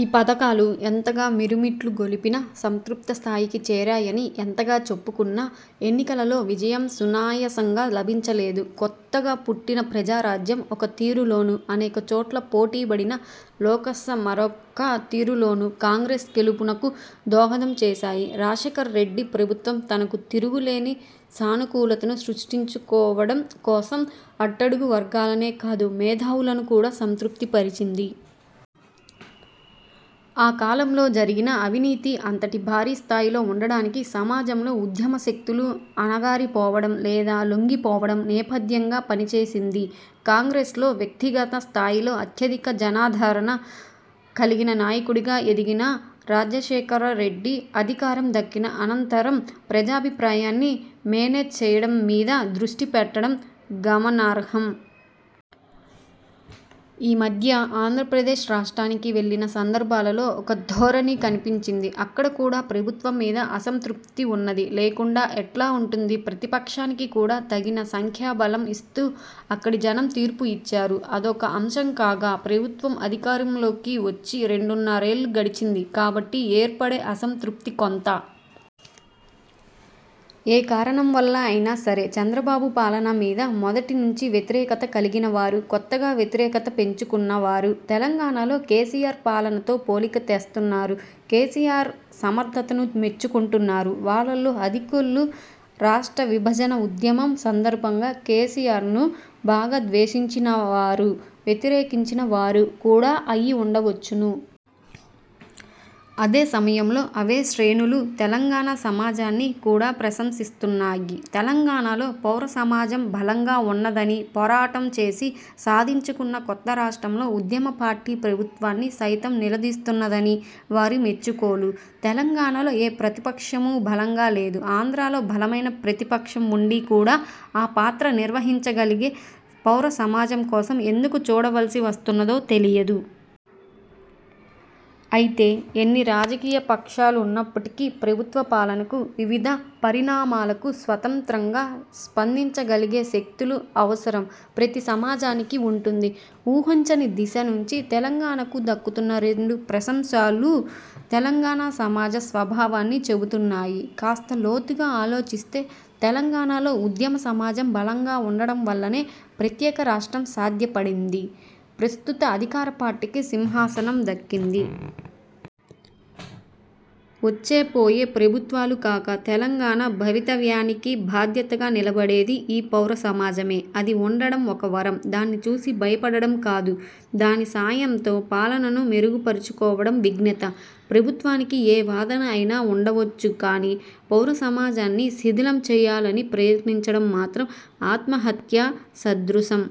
ఈ పథకాలు ఎంతగా మిరుమిట్లు గొలిపినా, సంతృప్తస్థాయికి చేరాయని ఎంతగా చెప్పుకున్నా, ఎన్నికలలో విజయం సునాయాసంగా లభించలేదు. కొత్తగా పుట్టిన ప్రజారాజ్యం ఒక తీరులోను, అనేక చోట్ల పోటీపడిన లోక్సత్తా మరొక తీరులోను, కాంగ్రెస్ గెలుపునకు దోహదం చేశాయి. రాజశేఖరరెడ్డి ప్రభుత్వం తనకు తిరుగులేని సానుకూలతను సృష్టించుకోవడం కోసం, అట్టడుగు వర్గాలనే కాదు, మేధావులను కూడా సంతృప్తిపరిచింది. ఆ కాలంలో జరిగిన అవినీతి అంతటి భారీ స్థాయిలో ఉండడానికి, సమాజంలో ఉద్యమశక్తులు అణగారిపోవడం, లేదా లొంగిపోవడం నేపథ్యంగా పనిచేసింది. కాంగ్రెస్లో వ్యక్తిగత స్థాయిలో అత్యధిక జనాదరణ కలిగిన నాయకుడిగా ఎదిగిన రాజశేఖరరెడ్డి, అధికారం దక్కిన అనంతరం ప్రజాభిప్రాయాన్ని 'మేనేజ్' చేయడం మీద దృష్టిపెట్టడం గమనార్హం. ఈ మధ్య ఆంధ్రప్రదేశ్ రాష్ర్టానికి వెళ్లిన సందర్భాలలో ఒక ధోరణి కనిపించింది. అక్కడ కూడా ప్రభుత్వం మీద అసంతృప్తి ఉన్నది. లేకుండా ఎట్లా ఉంటుంది? ప్రతిపక్షానికి కూడా తగిన సంఖ్యాబలం ఇస్తూ అక్కడి జనం తీర్పు ఇచ్చారు. అదొక అంశం కాగా, ప్రభుత్వం అధికారంలోకి వచ్చి రెండున్నరేళ్లు గడిచింది కాబట్టి ఏర్పడే అసంతృప్తి కొంత. ఏ కారణం వల్ల అయినా సరే, చంద్రబాబు పాలన మీద మొదటి నుంచి వ్యతిరేకత కలిగినవారు, కొత్తగా వ్యతిరేకత పెంచుకున్నవారు- తెలంగాణలో కేసీఆర్ పాలనతో పోలిక తెస్తున్నారు. కేసీఆర్ సమర్థతను మెచ్చుకుంటున్నారు. వాళ్లలో అధికులు రాష్ట్ర విభజన ఉద్యమం సందర్భంగా కేసీఆర్ను బాగా ద్వేషించినవారు, వ్యతిరేకించిన వారు కూడా అయి ఉండవచ్చును. అదే సమయంలో, అవే శ్రేణులు తెలంగాణ సమాజాన్ని కూడా ప్రశంసిస్తున్నాయి. తెలంగాణలో పౌరసమాజం బలంగా ఉన్నదని, పోరాటం చేసి సాధించుకున్న కొత్త రాష్ట్రంలో ఉద్యమపార్టీ ప్రభుత్వాన్ని సైతం నిలదీస్తున్నదని వారి మెచ్చుకోలు. తెలంగాణలో ఏ ప్రతిపక్షమూ బలంగా లేదు. ఆంధ్రలో బలమైన ప్రతిపక్షం ఉండి కూడా, ఆ పాత్ర నిర్వహించగలిగే పౌరసమాజం కోసం ఎందుకు చూడవలసి వస్తున్నదో తెలియదు. అయితే, ఎన్ని రాజకీయపక్షాలున్నప్పటికీ, ప్రభుత్వ పాలనకు, వివిధ పరిణామాలకు స్వతంత్రంగా స్పందించగలిగే శక్తుల అవసరం ప్రతి సమాజానికీ ఉంటుంది. ఊహించని దిశ నుంచి తెలంగాణకు దక్కుతున్న రెండు ప్రశంసలూ తెలంగాణ సమాజ స్వభావాన్ని చెబుతున్నాయి. కాస్త లోతుగా ఆలోచిస్తే, తెలంగాణలో ఉద్యమసమాజం బలంగా ఉండడం వల్లనే ప్రత్యేక రాష్ట్రం సాధ్యపడింది, ప్రస్తుత అధికారపార్టీకి సింహాసనం దక్కింది. వచ్చే పోయే ప్రభుత్వాలు కాక, తెలంగాణ భవితవ్యానికి బాధ్యతగా నిలబడేది ఈ పౌరసమాజమే. అది ఉండడం ఒక వరం. దాన్ని చూసి భయపడడం కాదు, దాని సాయంతో పాలనను మెరుగుపరుచుకోవడం విజ్ఞత. ప్రభుత్వానికి ఏ వాదన అయినా ఉండవచ్చు కానీ, పౌరసమాజాన్ని శిథిలం చేయాలని ప్రయత్నించడం మాత్రం ఆత్మహత్యా సదృశం.